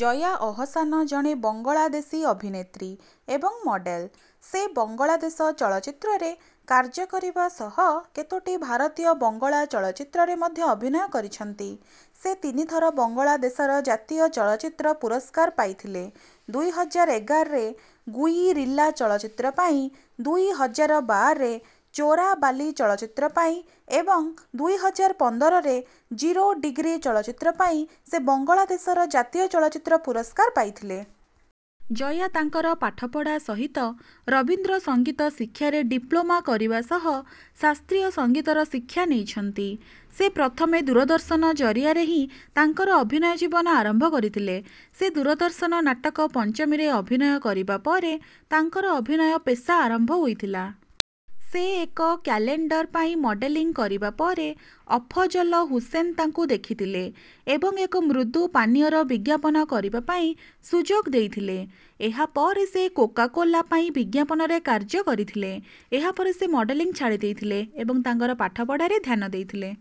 ଜୟା ଆହସାନ ଜଣେ ବଙ୍ଗଳାଦେଶୀ ଅଭିନେତ୍ରୀ ଏବଂ ମଡେଲ। ସେ ବଙ୍ଗଳାଦେଶ ଚଳଚ୍ଚିତ୍ରରେ କାର୍ଯ୍ୟ କରିବା ସହ କେତୋଟି ଭାରତୀୟ ବଙ୍ଗଳା ଚଳଚ୍ଚିତ୍ରରେ ମଧ୍ୟ ଅଭିନୟ କରିଛନ୍ତି। ସେ ତିନି ଥର ବଙ୍ଗଳାଦେଶର ଜାତୀୟ ଚଳଚ୍ଚିତ୍ର ପୁରସ୍କାର ପାଇଥିଲେ। ଦୁଇ ହଜାର ଏଗାରରେ ଗୁଇରିଲ୍ଲା ଚଳଚ୍ଚିତ୍ର ପାଇଁ, ଦୁଇ ହଜାର ବାରରେ ଚୋରାବାଲି ଚଳଚ୍ଚିତ୍ର ପାଇଁ ଏବଂ ଦୁଇ ହଜାର ପନ୍ଦରରେ ଜିରୋ ଡୀଗ୍ରୀ ଚଳଚ୍ଚିତ୍ର ପାଇଁ ସେ ବଙ୍ଗଳାଦେଶର ଜାତୀୟ ଚଳଚ୍ଚିତ୍ର ପୁରସ୍କାର ପାଇଥିଲେ। ଜୟା ତାଙ୍କର ପାଠପଢ଼ା ସହିତ ରବିନ୍ଦ୍ର ସଙ୍ଗୀତ ଶିକ୍ଷାରେ ଡିପ୍ଲୋମା କରିବା ସହ ଶାସ୍ତ୍ରୀୟ ସଙ୍ଗୀତର ଶିକ୍ଷା ନେଇଛନ୍ତି। ସେ ପ୍ରଥମେ ଦୂରଦର୍ଶନ ଜରିଆରେ ହିଁ ତାଙ୍କର ଅଭିନୟ ଜୀବନ ଆରମ୍ଭ କରିଥିଲେ। ସେ ଦୂରଦର୍ଶନ ନାଟକ ପଞ୍ଚମୀରେ ଅଭିନୟ କରିବା ପରେ ତାଙ୍କର ଅଭିନୟ ପେଷା ଆରମ୍ଭ ହୋଇଥିଲା। ସେ ଏକ କ୍ୟାଲେଣ୍ଡର ପାଇଁ ମଡେଲିଂ କରିବା ପରେ ଅଫଜଲ ହୁସେନ ତାଙ୍କୁ ଦେଖିଥିଲେ ଏବଂ ଏକ ମୃଦୁ ପାନୀୟର ବିଜ୍ଞାପନ କରିବା ପାଇଁ ସୁଯୋଗ ଦେଇଥିଲେ। ଏହାପରେ ସେ କୋକା-କୋଲା ପାଇଁ ବିଜ୍ଞାପନରେ କାର୍ଯ୍ୟ କରିଥିଲେ। ଏହାପରେ ସେ ମଡେଲିଂ ଛାଡ଼ି ଦେଇଥିଲେ ଏବଂ ତାଙ୍କର ପାଠପଢ଼ାରେ ଧ୍ୟାନ ଦେଇଥିଲେ।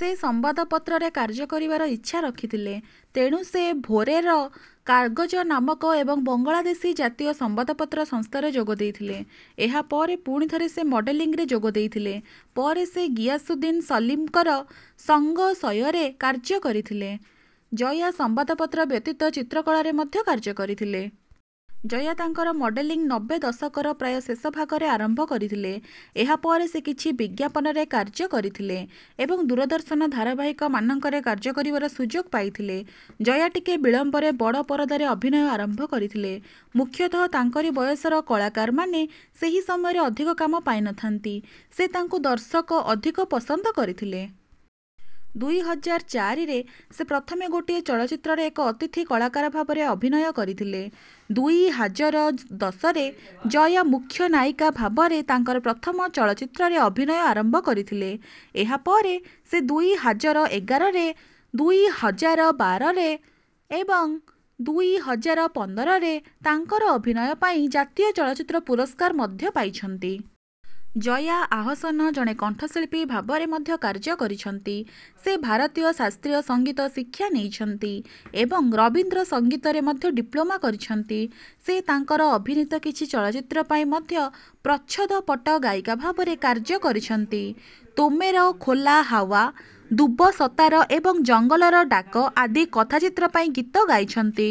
ସେ ସମ୍ବାଦପତ୍ରରେ କାର୍ଯ୍ୟ କରିବାର ଇଚ୍ଛା ରଖିଥିଲେ, ତେଣୁ ସେ ଭୋରେର କାଗଜ ନାମକ ଏବଂ ବଙ୍ଗଳାଦେଶୀ ଜାତୀୟ ସମ୍ବାଦପତ୍ର ସଂସ୍ଥାରେ ଯୋଗ ଦେଇଥିଲେ। ଏହାପରେ ପୁଣିଥରେ ସେ ମଡେଲିଂରେ ଯୋଗ ଦେଇଥିଲେ। ପରେ ସେ ଗିଆସୁଦ୍ଦିନ ସଲିମଙ୍କର ସଙ୍ଗସୟରେ କାର୍ଯ୍ୟ କରିଥିଲେ। ଜୟା ସମ୍ବାଦପତ୍ର ବ୍ୟତୀତ ଚିତ୍ରକଳାରେ ମଧ୍ୟ କାର୍ଯ୍ୟ କରିଥିଲେ। ଜୟା ତାଙ୍କର ମଡେଲିଂ ନବେ ଦଶକର ପ୍ରାୟ ଶେଷ ଭାଗରେ ଆରମ୍ଭ କରିଥିଲେ। ଏହାପରେ ସେ କିଛି ବିଜ୍ଞାପନରେ କାର୍ଯ୍ୟ କରିଥିଲେ ଏବଂ ଦୂରଦର୍ଶନ ଧାରାବାହିକ ମାନଙ୍କରେ କାର୍ଯ୍ୟ କରିବାର ସୁଯୋଗ ପାଇଥିଲେ। ଜୟା ଟିକେ ବିଳମ୍ବରେ ବଡ଼ ପରଦାରେ ଅଭିନୟ ଆରମ୍ଭ କରିଥିଲେ। ମୁଖ୍ୟତଃ ତାଙ୍କରି ବୟସର କାଳାକାରମାନେ ସେହି ସମୟରେ ଅଧିକ କାମ ପାଇନଥାନ୍ତି, ସେ ତାଙ୍କୁ ଦର୍ଶକ ଅଧିକ ପସନ୍ଦ କରିଥିଲେ। ଦୁଇ ହଜାର ଚାରିରେ ସେ ପ୍ରଥମେ ଗୋଟିଏ ଚଳଚ୍ଚିତ୍ରରେ ଏକ ଅତିଥି କଳାକାର ଭାବରେ ଅଭିନୟ କରିଥିଲେ। ଦୁଇ ହାଜର ଦଶ ରେ ଜୟା ମୁଖ୍ୟ ନାୟିକା ଭାବରେ ତାଙ୍କର ପ୍ରଥମ ଚଳଚ୍ଚିତ୍ରରେ ଅଭିନୟ ଆରମ୍ଭ କରିଥିଲେ। ଏହାପରେ ସେଦୁଇ ହାଜର ଏଗାର ରେ, ଦୁଇ ହଜାର ବାର ରେ ଏବଂ ଦୁଇ ହଜାର ପନ୍ଦର ରେ ତାଙ୍କର ଅଭିନୟ ପାଇଁ ଜାତୀୟ ଚଳଚ୍ଚିତ୍ର ପୁରସ୍କାର ମଧ୍ୟ ପାଇଛନ୍ତି। ଜୟା ଆହସନ ଜଣେ କଣ୍ଠଶିଳ୍ପୀ ଭାବରେ ମଧ୍ୟ କାର୍ଯ୍ୟ କରିଛନ୍ତି। ସେ ଭାରତୀୟ ଶାସ୍ତ୍ରୀୟ ସଙ୍ଗୀତ ଶିକ୍ଷା ନେଇଛନ୍ତି ଏବଂ ରବିନ୍ଦ୍ର ସଙ୍ଗୀତରେ ମଧ୍ୟ ଡିପ୍ଲୋମା କରିଛନ୍ତି। ସେ ତାଙ୍କର ଅଭିନୀତ କିଛି ଚଳଚ୍ଚିତ୍ର ପାଇଁ ମଧ୍ୟ ପ୍ରଚ୍ଛଦପଟ ଗାୟିକା ଭାବରେ କାର୍ଯ୍ୟ କରିଛନ୍ତି। ତୋମେର ଖୋଲା ହାୱା, ଦୁବଶତାର ଏବଂ ଜଙ୍ଗଲର ଡାକ ଆଦି କଥାଚିତ୍ର ପାଇଁ ଗୀତ ଗାଇଛନ୍ତି।